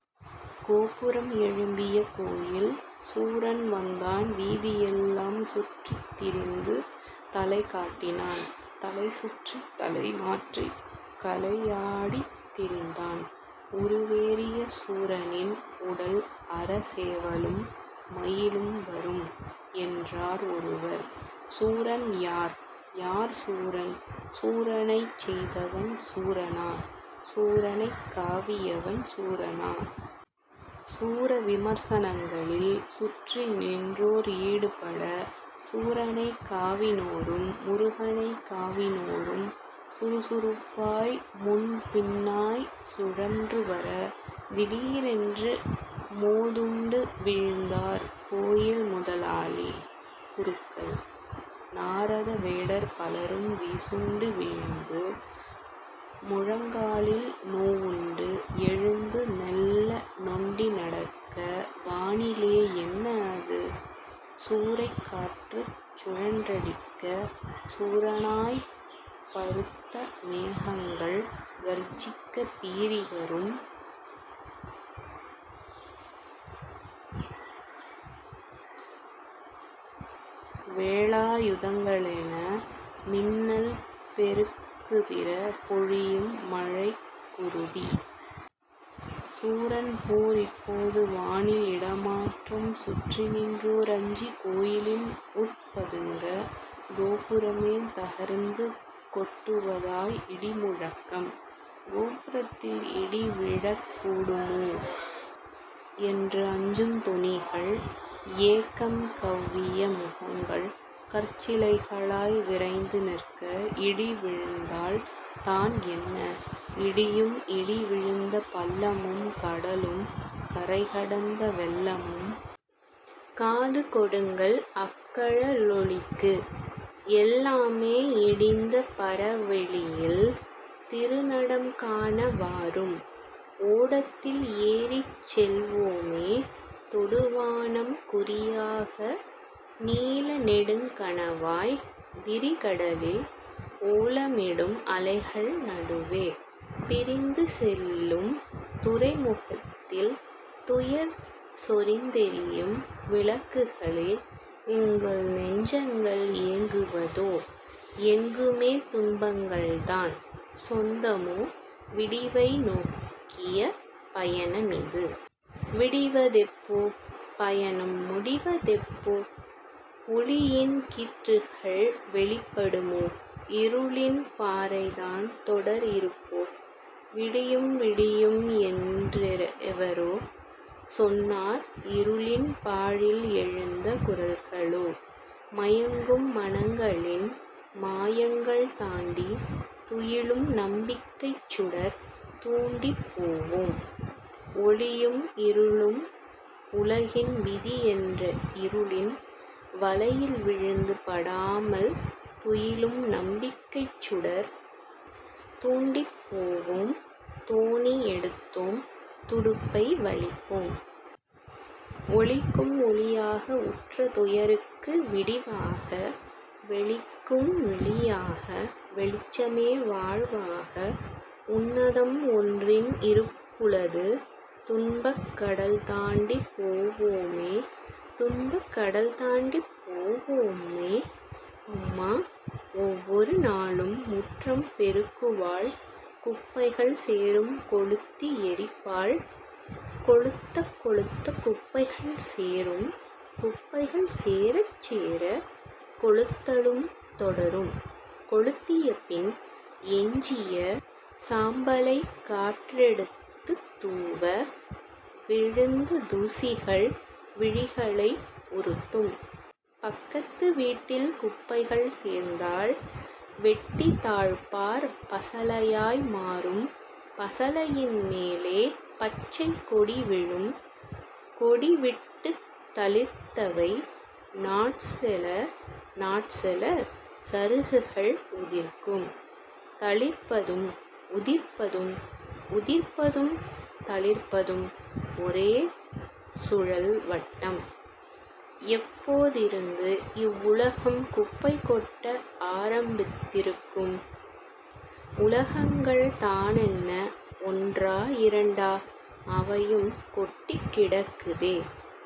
கோபுரம் எழும்பிய கோயில். சூரன் வந்தான் வீதியெல்லாம் சுற்றித்திரிந்து தலைகாட்டினான். தலைசுழற்றி தலைமாற்றி 'கலை' யாடித் திரிந்தான். "உருவேறிய சூரனின் உடல் அற சேவலும் மயிலும் வரும்" என்றார் ஒருவர். 'சூரன் யார்? யார் சூரன்? ' 'சூரனைச் செய்தவன் சூரனா? ' 'சூரனைக் காவியவன் சூரனா? ' சூரவிமர்சனங்களில் சுற்றி நின்றோர் ஈடுபட சூரனைக் காவினோரும் முருகனைக் காவினோரும் சுறுசுறுப்பாய் முன்பின்னாய்ச் சுழன்று வர திடீரென்று மோதுண்டு வீழ்ந்தார் கோயில் முதலாளி, குருக்கள், நாரத வேடர் பலரும் வீசுண்டு வீழ்ந்து முழங்காலில் நோவுண்டு எழுந்து மெல்ல நொண்டிநடக்க..... வானிலே என்ன அது? சூறைக் காற்றுச் சுழன்றடிக்க சூரனாய்ப் பருத்த மேகங்கள் கர்ஜிக்க பீறிவரும் வேலாயுதங்களென மின்னல் பெருக்குதிர பொழியும் மழைக்குருதி. சூரன் போர் இப்போது வானில் இடமாற்றம் சுற்றிநின்றோர் அஞ்சி கோயிலின் உட்பதுங்க கோபுரமே தகர்ந்து கொட்டுவதாய் இடிமுழக்கம். 'கோபுரத்தில் இடிவிழக் கூடுமோ? ' என்று அஞ்சுந் தொனிகள்: ஏக்கம் கௌவிய முகங்கள் கற்சிலைகளாய் விறைந்துநிற்க-- இடிவிழுந்தால் தான் என்ன? இடியும் இடி விழுந்த பள்ளமும்.... கடலும் கரைகடந்த வெள்ளமும்.... காது கொடுங்கள் அக்கழலொலிக்கு. எல்லாமே இடிந்த பரவெளியில் திருநடம் காண வாரும். ஓடத்தில் ஏறிச் செல்வோமே தொடுவானம் குறியாக நீல நெடுங் கனவாய் விரிகடலில் ஓலமிடும் அலைகள் நடுவே. பிரிந்து செல்லும் துறைமுகத்தில்-துயர் சொரிந்தெரியும் விளக்குகளில் எங்கள் நெஞ்சங்கள் ஏங்குவதோ? எங்குமே துன்பங்கள்தான் சொந்தமோ? விடிவை நோக்கிய பயணமிது। விடிவதெப்போ? பயணம் முடிவதெப்போ? ஒளியின் கீற்றுகள் வெளிப்படுமோ? இருளின் பாறைதான் தொடர் இருப்போ? விடியும் விடியும் என்றெவரோ சொன்னார் இருளின் பாழில் எழுந்த குரல்களோ? மயங்கும் மனங்களின் மாயங்கள் தாண்டி துயிலும் நம்பிக்கைச் சுடர் தூண்டிப் போவோம். ஒளியும் இருளும் உலகின் விதி என்ற இருளின் வலையில் விழுந்து படாமல் துயிலும் நம்பிக்கைச் சுடர் தூண்டிப் போவோம் தோணி எடுத்தோம் துடுப்பை வலிப்போம். ஒளிக்கும் ஒளியாக உற்ற துயருக்கு விடிவாக வெளிக்கும் வெளியாக வெளிச்சமே வாழ்வாக உன்னதம் ஒன்றின் இருப்புளது துன்பக் கடல் தாண்டிப் போவோமே துன்பக் கடல் தாண்டிப் போவோமே. அம்மா ஒவ்வொரு நாளும் முற்றம் பெருக்குவாள் குப்பைகள் சேரும் கொளுத்தி எரிப்பாள். கொளுத்தக் கொளுத்தக் குப்பைகள் சேரும் குப்பைகள் சேரச்சேர கொளுத்தலும் தொடரும் கொளுத்திய பின் எஞ்சிய சாம்பலை காற்றெடுத்துத் தூவ விழுந்த தூசிகள் விழிகளை உறுத்தும். பக்கத்து வீட்டில் குப்பைகள் சேர்ந்தால் வெட்டித் தாழ்ப்பார் பசளையாய் மாறும் பசளையின் மேலே பச்சை கொடி விழும் கொடிவிட்டுத் தளிர்த்தவை நாட்செல நாட்செல சருகுகள் உதிர்க்கும். தளிர்ப்பதும் உதிர்ப்பதும் உதிர்ப்பதும் தளிர்ப்பதும் ஒரே சுழல் வட்டம். எப்போதிருந்து இவ்வுலகம் குப்பை கொட்ட ஆரம்பித்திருக்கும்? உலகங்கள் தானென்ன ஒன்றா இரண்டா? அவையும் கொட்டிக் கிடக்குதே